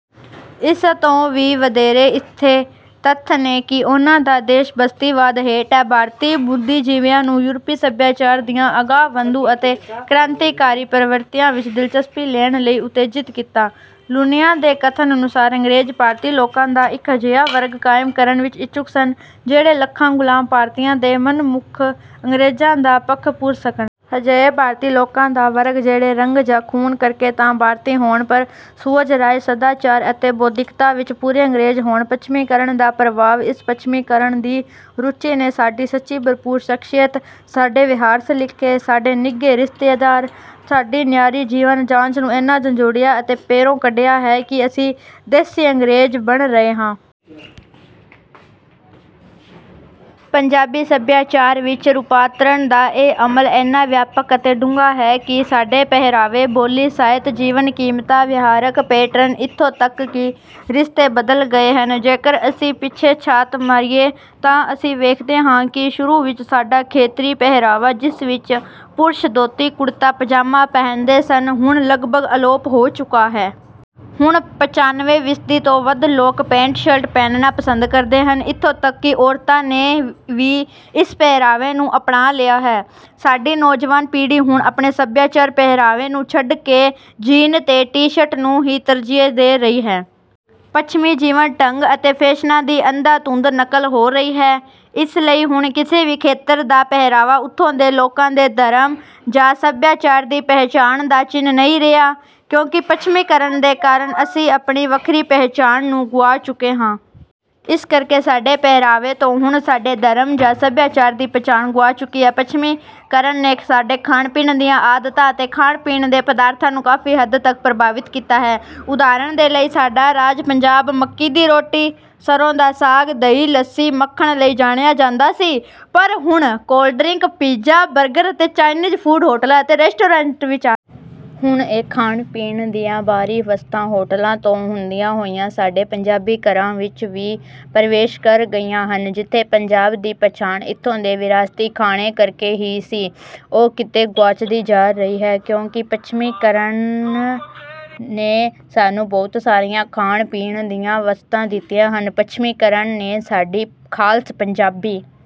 ਇਸ ਤੋਂ ਵੀ ਵਧੇਰੇ, ਇਸੇ ਤੱਥ ਨੇ ਕਿ ਉਨ੍ਹਾਂ ਦਾ ਦੇਸ਼ ਬਸਤੀਵਾਦ ਹੇਠ ਹੈ, ਭਾਰਤੀ ਬੁੱਧੀਜੀਵੀਆਂ ਨੂੰ ਯੂਰਪੀ ਸਭਿਆਚਾਰ ਦੀਆਂ ਅਗਾਂਹ-ਵਧੂ ਅਤੇ ਕ੍ਰਾਂਤੀਕਾਰੀ ਪ੍ਰਵਿਰਤੀਆਂ ਵਿੱਚ ਦਿਲਚਸਪੀ ਲੈਣ ਲਈ ਉਤੇਜਿਤ ਕੀਤਾ। ਲੂਨੀਆਂ ਦੇ ਕਥਨ ਅਨੁਸਾਰ, "ਅੰਗਰੇਜ਼ ਭਾਰਤੀ ਲੋਕਾਂ ਦਾ ਇੱਕ ਅਜਿਹਾ ਵਰਗ ਕਾਇਮ ਕਰਨ ਵਿੱਚ ਇੱਛੁਕ ਸਨ, ਜਿਹੜੇ ਲੱਖਾਂ ਗ਼ੁਲਾਮ ਭਾਰਤੀਆਂ ਦੇ ਸਨਮੁਖ ਅੰਗਰੇਜ਼ਾਂ ਦਾ ਪੱਖ ਪੂਰ ਸਕਣ। ਅਜਿਹੇ ਭਾਰਤੀ ਲੋਕਾਂ ਦਾ ਵਰਗ, ਜਿਹੜੇ ਰੰਗ ਜਾਂ ਖੂਨ ਕਰਕੇ ਤਾਂ ਭਾਰਤੀ ਹੋਣ, ਪਰ ਸੁਹਜ, ਰਾਏ, ਸਦਾਚਾਰ ਅਤੇ ਬੌਧਿਕਤਾ ਵਿੱਚ ਪੂਰੇ ਅੰਗਰੇਜ਼ ਹੋਣ।" ਪੱਛਮੀਕਰਨ ਦਾ ਪ੍ਰਭਾਵ: ਇਸ ਪੱਛਮੀਕਰਨ ਦੀ ਰੁਚੀ ਨੇ ਸਾਡੀ ਸੱਚੀ-ਭਰਪੂਰ ਸ਼ਖ਼ਸੀਅਤ, ਸਾਡੇ ਵਿਹਾਰ-ਸਲੀਕੇ, ਸਾਡੇ ਨਿੱਘੇ ਰਿਸ਼ਤਿਆਂ, ਸਾਡੀ ਨਿਆਰੀ ਜੀਵਨ-ਜਾਚ ਨੂੰ ਇੰਨਾ ਝੰਜੋੜਿਆ ਅਤੇ ਪੈਰੋਂ ਕੱਢਿਆ ਹੈ ਕਿ ਅਸੀਂ 'ਦੇਸੀ ਅੰਗਰੇਜ਼' ਬਣ ਰਹੇ ਹਾਂ। ਪੰਜਾਬੀ ਸਭਿਆਚਾਰ ਵਿੱਚ ਰੂਪਾਂਤਰਨ ਦਾ ਇਹ ਅਮਲ ਇੰਨਾ ਵਿਆਪਕ ਅਤੇ ਡੂੰਘਾ ਹੈ ਕਿ ਸਾਡੇ ਪਹਿਰਾਵੇ, ਬੋਲੀ, ਸਾਹਿਤ, ਜੀਵਨ-ਕੀਮਤਾਂ, ਵਿਹਾਰਕ ਪੈਟਰਨ, ਇੱਥੋਂ ਤੱਕ ਕਿ ਰਿਸ਼ਤੇ ਬਦਲ ਗਏ ਹਨ। ਜੇਕਰ ਅਸੀਂ ਪਿੱਛੇ ਝਾਤ ਮਾਰੀਏ, ਤਾਂ ਅਸੀਂ ਵੇਖਦੇ ਹਾਂ ਕਿ ਸ਼ੁਰੂ ਵਿੱਚ ਸਾਡਾ ਖੇਤਰੀ ਪਹਿਰਾਵਾ, ਜਿਸ ਵਿੱਚ ਪੁਰਸ਼ ਧੋਤੀ-ਕੁਰਤਾ, ਪਜਾਮਾ ਪਹਿਨਦੇ ਸਨ, ਹੁਣ ਲਗਭਗ ਅਲੋਪ ਹੋ ਚੁੱਕਾ ਹੈ। ਹੁਣ ਪੰਚਾਨਵੇਂ ਫੀਸਦੀ ਤੋਂ ਵੱਧ ਲੋਕ ਪੈਂਟ-ਸ਼ਰਟ ਪਹਿਨਣਾ ਪਸੰਦ ਕਰਦੇ ਹਨ। ਇੱਥੋਂ ਤੱਕ ਕਿ ਔਰਤਾਂ ਨੇ ਵੀ ਇਸ ਪਹਿਰਾਵੇ ਨੂੰ ਅਪਣਾ ਲਿਆ ਹੈ। ਸਾਡੀ ਨੌਜਵਾਨ ਪੀੜ੍ਹੀ ਹੁਣ ਆਪਣੇ ਸਭਿਆਚਾਰਕ ਪਹਿਰਾਵੇ ਨੂੰ ਛੱਡ ਕੇ ਜੀਨ ਤੇ ਟੀ-ਸ਼ਰਟ ਨੂੰ ਹੀ ਤਰਜੀਹ ਦੇ ਰਹੀ ਹੈ। ਪੱਛਮੀ ਜੀਵਨ-ਢੰਗ ਅਤੇ ਫ਼ੈਸ਼ਨਾਂ ਦੀ ਅੰਧਾ-ਧੁੰਦ ਨਕਲ ਹੋ ਰਹੀ ਹੈ। ਇਸ ਲਈ ਹੁਣ ਕਿਸੇ ਵੀ ਖੇਤਰ ਦਾ ਪਹਿਰਾਵਾ ਉੱਥੋਂ ਦੇ ਲੋਕਾਂ ਦੇ ਧਰਮ ਜਾਂ ਸਭਿਆਚਾਰ ਦੀ ਪਹਿਚਾਣ ਦਾ ਚਿੰਨ੍ਹ ਨਹੀਂ ਰਿਹਾ, ਕਿਉਂਕਿ ਪੱਛਮੀਕਰਨ ਦੇ ਕਾਰਨ ਅਸੀਂ ਆਪਣੀ ਵੱਖਰੀ ਪਹਿਚਾਣ ਨੂੰ ਗੁਆ ਚੁੱਕੇ ਹਾਂ। ਇਸ ਕਰਕੇ ਸਾਡੇ ਪਹਿਰਾਵੇ ਤੋਂ ਹੁਣ ਸਾਡੇ ਧਰਮ ਜਾਂ ਸੱਭਿਆਚਾਰ ਦੀ ਪਛਾਣ ਗੁਆਚ ਚੁੱਕੀ ਹੈ। ਪੱਛਮੀਕਰਨ ਨੇ ਸਾਡੇ ਖਾਣ-ਪੀਣ ਦੀਆਂ ਆਦਤਾਂ ਅਤੇ ਖਾਣ-ਪੀਣ ਦੇ ਪਦਾਰਥਾਂ ਨੂੰ ਕਾਫ਼ੀ ਹੱਦ ਤੱਕ ਪ੍ਰਭਾਵਿਤ ਕੀਤਾ ਹੈ। ਉਦਾਹਰਣ ਦੇ ਲਈ, ਸਾਡਾ ਰਾਜ ਪੰਜਾਬ ਮੱਕੀ ਦੀ ਰੋਟੀ, ਸਰੋਂ ਦਾ ਸਾਗ, ਦਹੀ, ਲੱਸੀ, ਮੱਖਣ ਲਈ ਜਾਣਿਆ ਜਾਂਦਾ ਸੀ, ਪਰ ਹੁਣ ਕੋਲਡ-ਡਰਿੰਕ, ਪੀਜ਼ਾ, ਬਰਗਰ ਅਤੇ ਚਾਈਨੀਜ਼ ਫੂਡ ਹੋਟਲਾਂ ਅਤੇ ਰੈਸਟੋਰੈਂਟਾਂ ਵਿੱਚ ਆ ਗਏ ਹਨ। ਹੁਣ ਇਹ ਖਾਣ-ਪੀਣ ਦੀਆਂ ਬਾਹਰੀ ਵਸਤਾਂ ਹੋਟਲਾਂ ਤੋਂ ਹੁੰਦੀਆਂ ਹੋਈਆਂ ਸਾਡੇ ਪੰਜਾਬੀ ਘਰਾਂ ਵਿੱਚ ਵੀ ਪ੍ਰਵੇਸ਼ ਕਰ ਗਈਆਂ ਹਨ। ਜਿੱਥੇ ਪੰਜਾਬ ਦੀ ਪਛਾਣ ਇੱਥੋਂ ਦੇ ਵਿਰਾਸਤੀ ਖਾਣੇ ਕਰਕੇ ਹੀ ਸੀ, ਉਹ ਕਿਤੇ ਗੁਆਚਦੀ ਜਾ ਰਹੀ ਹੈ, ਕਿਉਂਕਿ ਪੱਛਮੀਕਰਨ ਨੇ ਸਾਨੂੰ ਬਹੁਤ ਸਾਰੀਆਂ ਖਾਣ-ਪੀਣ ਦੀਆਂ ਵਸਤੂਆਂ ਦਿੱਤੀਆਂ ਹਨ। ਪੱਛਮੀਕਰਨ ਨੇ ਸਾਡੀ ਖਾਲਸ ਪੰਜਾਬੀ